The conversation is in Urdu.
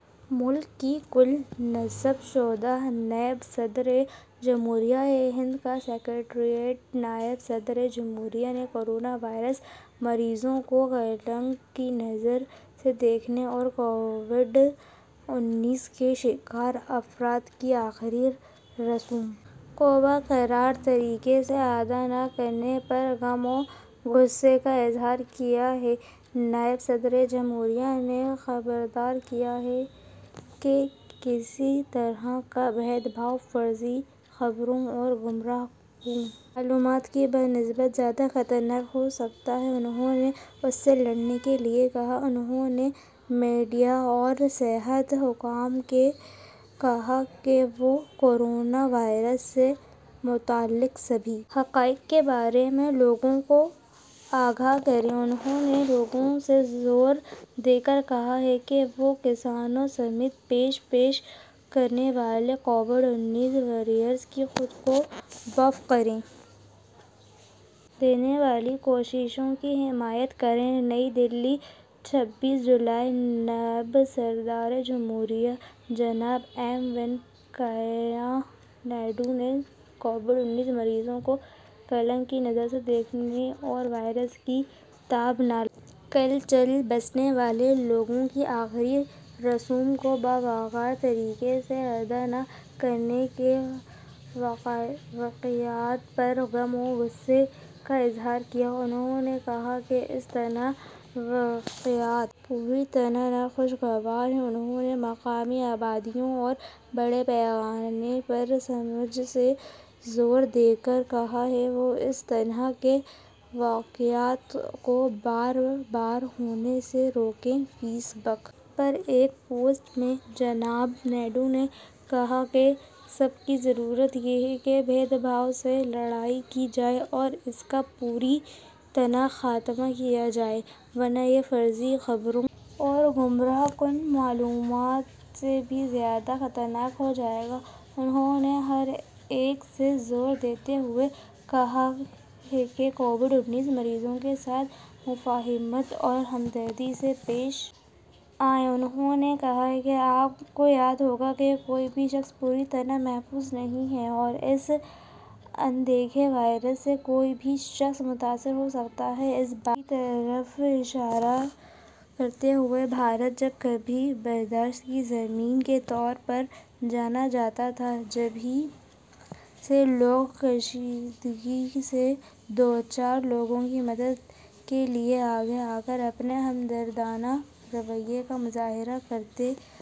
ملک کی کل نصب شدہ نائب صدر جمہوریہ ہند کا سکریٹریٹ نائب صدر جمہوریہ نے کورونا وائرس مریضوں کو کلنک کی نظر سے دیکھنے اور کووڈ انیس کے شکار افراد کی آخری رسوم کو باوقار طریقے سے ادا نہ کرنے پر غم و غصے کا اظہار کیا ہے نائب صدر جمہوریہ نے خبردار کیا ہے کہ کسی طرح کا بھید بھاؤ فرضی خبروں اور گمراہ کن معلومات کی بنسبت زیادہ خطرناک ہو سکتا ہے انہوں نے اس سے لڑنے کے لیے کہا ہے انہوں نے میڈیا اور صحت حکام سے کہا ہے کہ وہ کورونا وائرس سے متعلق سبھی حقائق کے بارے میں لوگوں کو آگاہ کریں انہوں نے لوگوں سے زور دے کر کہا ہے کہ وہ کسانوں سمیت پیش پیش رہنے والے کووڈ انیس واریئرس کی خود کو وقف کر دینے والی کوششوں کی حمایت کریں نئی دہلی چھبیس جولائی نائب صدر جمہوریہ جناب ایم وینکیا نائیڈو نے کووڈ انیس مریضوں کو کلنک کی نظر سے دیکھنے اور وائرس کی تاب نہ لا کر چل بسنے والے لوگوں کی آخری رسوم کو باوقار طریقے سے ادا نہ کرنے کے واقعات پر غم و غصے کا اظہار کیا ہے انہوں نے کہا کہ اس طرح کے واقعات پوری طرح ناخوشگوار ہیں انہوں نے مقامی آبادیوں اور بڑے پیمانے پر سماج سے زور دے کر کہا ہے کہ وہ اس طرح کے واقعات کو بار بار ہونے سے روکیں فیس بک پر ایک پوسٹ میں جناب نائیڈو نے کہا کہ سب کی ضرورت یہ ہے کہ بھید بھاؤ سے لڑائی کی جائے اور اس کا پوری طرح خاتمہ کیا جائے ورنہ یہ فرضی خبروں اور گمراہ کن معلومات سے بھی زیادہ خطرناک ہو جائے گا انہوں نے ہر ایک سے زور دیتے ہوئے کہا ہے کہ وہ کووڈ انیس مریضوں کے ساتھ مفاہمت اور ہمدردی سے پیش آئے انہوں نے کہا کہ آپ کو یاد ہوگا کہ کوئی بھی شخص پوری طرح محفوظ نہیں ہے اور اس ان دیکھے وائرس سے کوئی بھی شخص متاثر ہو سکتا ہے اس بات کی طرف اشارہ کرتے ہوئے کہ بھارت جب کبھی برداشت کی زمین کے طور پر جانا جاتا تھا تبھی سے لوگ کشیدگی سے دوچار لوگوں کی مدد کے لیے آگے آ کر اپنے ہمدردانہ رویے کا مظاہرہ کرتے آئے